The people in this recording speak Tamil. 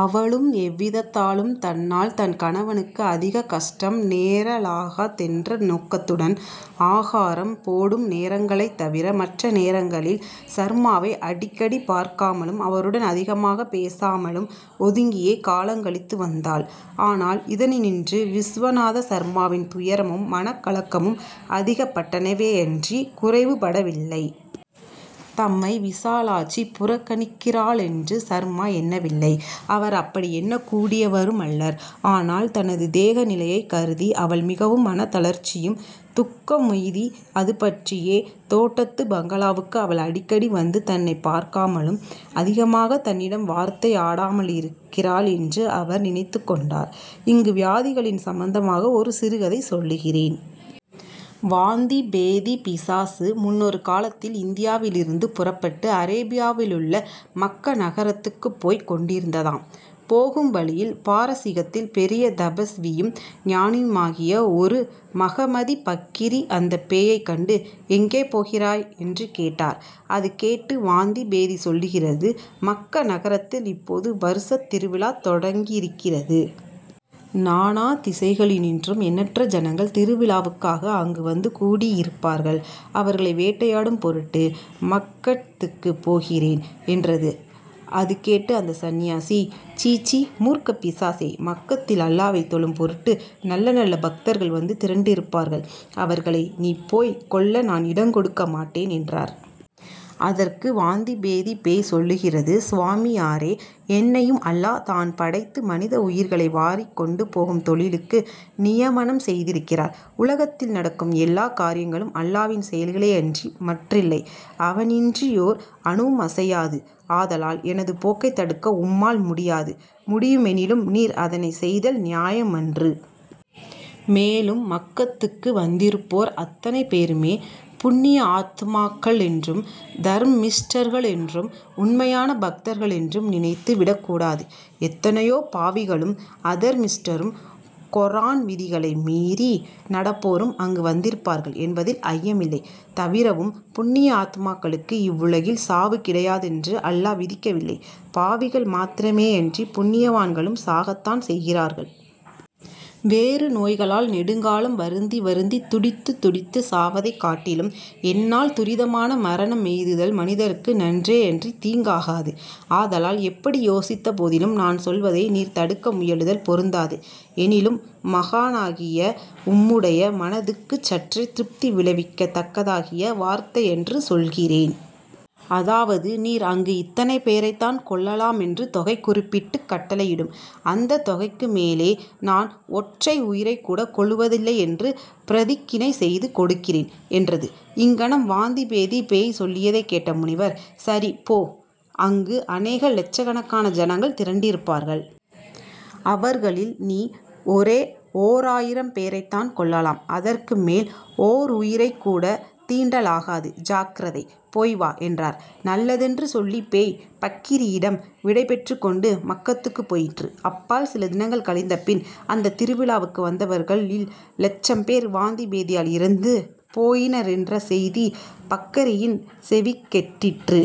அவளும் எவ்விதத்தாலும் தன்னால் தன் கணவனுக்கு அதிகக் கஷ்டம் நேரலாகாதென்ற நோக்கத்துடன், ஆகாரம் போடும் நேரங்களைத் தவிர மற்ற நேரங்களில், சர்மாவை அடிக்கடி பார்க்காமலும், அவருடன் அதிகமாகப் பேசாமலும் ஒதுங்கியே காலங் கழித்து வந்தாள். ஆனால் இதனின்று விசுவநாத சர்மாவின் துயரமும் மனக்கலக்கமும் அதிகப்பட்டனவேயன்றிக் குறைவு படவில்லை. தம்மை விசாலாட்சி புறக்கணிக்கிறாளென்று சர்மா எண்ணவில்லை. அவர் அப்படி எண்ணக்கூடியவருமல்லர். ஆனால் தனது தேக நிலையைக் கருதி அவள் மிகவும் மனத்தளர்ச்சியும் துக்கமுமெய்தி அதுபற்றியே தோட்டத்துப் பங்களாவுக்கு அவள் அடிக்கடி வந்து தன்னைப் பார்க்காமலும், அதிகமாகத் தன்னிடம் வார்த்தையாடாமலுமிருக்கிறாள் என்று அவர் நினைத்துக் கொண்டார். இங்கு வியாதிகளின் சம்பந்தமாக ஒரு சிறு கதை சொல்லுகிறேன். வாந்திப் பேதிப் பிசாசு முன்னொரு காலத்தில் இந்தியாவிலிருந்து புறப்பட்டு அரேபியாவிலுள்ள மக்க நகரத்துக்குப் போய்க் கொண்டிருந்ததாம். போகும் வழியில் பாரஸீகத்தில் பெரிய தபஸ்வியும் ஞானியுமாகிய ஒரு மஹமதிப் பக்கிரி அந்தப் பேயைக் கண்டு ''எங்கே போகிறாய்? '' என்று கேட்டார். அது கேட்டு வாந்தி பேதி சொல்லுகிறது:- ''மக்க நகரத்தில் இப்போது வருஷத் திருவிழா தொடங்கியிருக்கிறது. நானா திசைகளினின்றும் எண்ணற்ற ஜனங்கள் திருவிழாவுக்காக அங்கு வந்து கூடியிருப்பார்கள். அவர்களை வேட்டையாடும் பொருட்டு மக்கட்த்துக்குப் போகிறேன்'' என்றது. அது கேட்டு அந்த சந்நியாசி:- ''சிச்சீ! மூர்க்கப் பிசாசே! மக்கத்தில் அல்லாவைத் தொழும் பொருட்டு நல்ல நல்ல பக்தர்கள் வந்து திரண்டிருப்பார்கள். அவர்களை நீ போய்க் கொல்ல நான் இடங் கொடுக்கமாட்டேன்'' என்றார். அதற்கு வாந்திபேதிப் பேய் சொல்லுகிறது:- ''சுவாமியாரே, என்னையும் அல்லா தான் படைத்து மனித உயிர்களை வாரிக்கொண்டு போகும் தொழிலுக்கு நியமனம் செய்திருக்கிறார். உலகத்தில் நடக்கும் எல்லாக் காரியங்களும் அல்லாவின் செயல்களேயன்றி மற்றில்லை. அவனின்றியோர் அணுவுமசையாது. ஆதலால் எனது போக்கைத் தடுக்க உம்மால் முடியாது. முடியுமெனிலும் நீர் அதனைச் செய்தல் நியாயமன்று. மேலும் மக்கத்துக்கு வந்திருப்போர் அத்தனை பேருமே புண்யாத்மாக்களென்றும் தர்மிஷ்டர்களென்றும் உண்மையான பக்தர்களென்றும் நினைத்து விடக்கூடாது. எத்தனையோ பாவிகளும், அதர்மிஷ்டரும், கொரான் விதிகளை மீறி நடப்போரும் அங்கு வந்திருப்பார்கள் என்பதில் ஐயமில்லை. தவிரவும் புண்யாத்மாக்களுக்கு இவ்வுலகில் சாவு கிடையாதென்று அல்லா விதிக்கவில்லை. பாவிகள் மாத்திரமேயன்றி புண்யவான்களும் சாகத்தான் செய்கிறார்கள். வேறு நோய்களால் நெடுங்காலம் வருந்தி வருந்தித் துடித்துத் துடித்துச் சாவதைக் காட்டிலும் என்னால் துரிதமான மரணமெய்துதல் மனிதருக்கு நன்றேயன்றித் தீங்காகாது. ஆதலால் எப்படி யோசித்த போதிலும், நான் சொல்வதை நீர் தடுக்க முயலுதல் பொருந்தாது. எனிலும், மகானாகிய உம்முடைய மனதுக்குச் சற்றே திருப்தி விளைவிக்கத் தக்கதாகிய வார்த்தையன்று சொல்லுகிறேன். அதாவது, நீர் அங்கு இத்தனை பேரைத்தான் கொல்லலாமென்று தொகை குறிப்பிட்டுக் கட்டளையிடும். அந்தத் தொகைக்கு மேலே நான் ஒற்றை உயிரைக்கூடக் கொல்வதில்லையென்று பிரதிக்கினை செய்து கொடுக்கிறேன்'' என்றது. இங்ஙனம் வாந்தி பேதிப் பேய் சொல்லியதைக் கேட்ட முனிவர்-''சரி; போ. அங்கு அநேக லட்சகணக்கான ஜனங்கள் திரண்டிருப்பார்கள். அவர்களில் நீ ஒரே ஓராயிரம் பேரைத் தான் கொல்லலாம். அதற்கு மேல் ஓருயிரைக்கூடத் தீண்டலாகாது. ஜாக்கிரதை! போய் வா'' என்றார். நல்லதென்று சொல்லிப் பேய் பக்கிரியிடம் விடைபெற்றுக் கொண்டு மக்கத்துக்குப் போயிற்று. அப்பால் சில தினங்கள் கழிந்தபின், அந்தத் திருவிழாவுக்கு வந்தவர்களில் லட்சம் பேர் வாந்தி பேதியால் இறந்து போயினரென்ற செய்தி பக்கரியின் செவிக்கெட்டிற்று.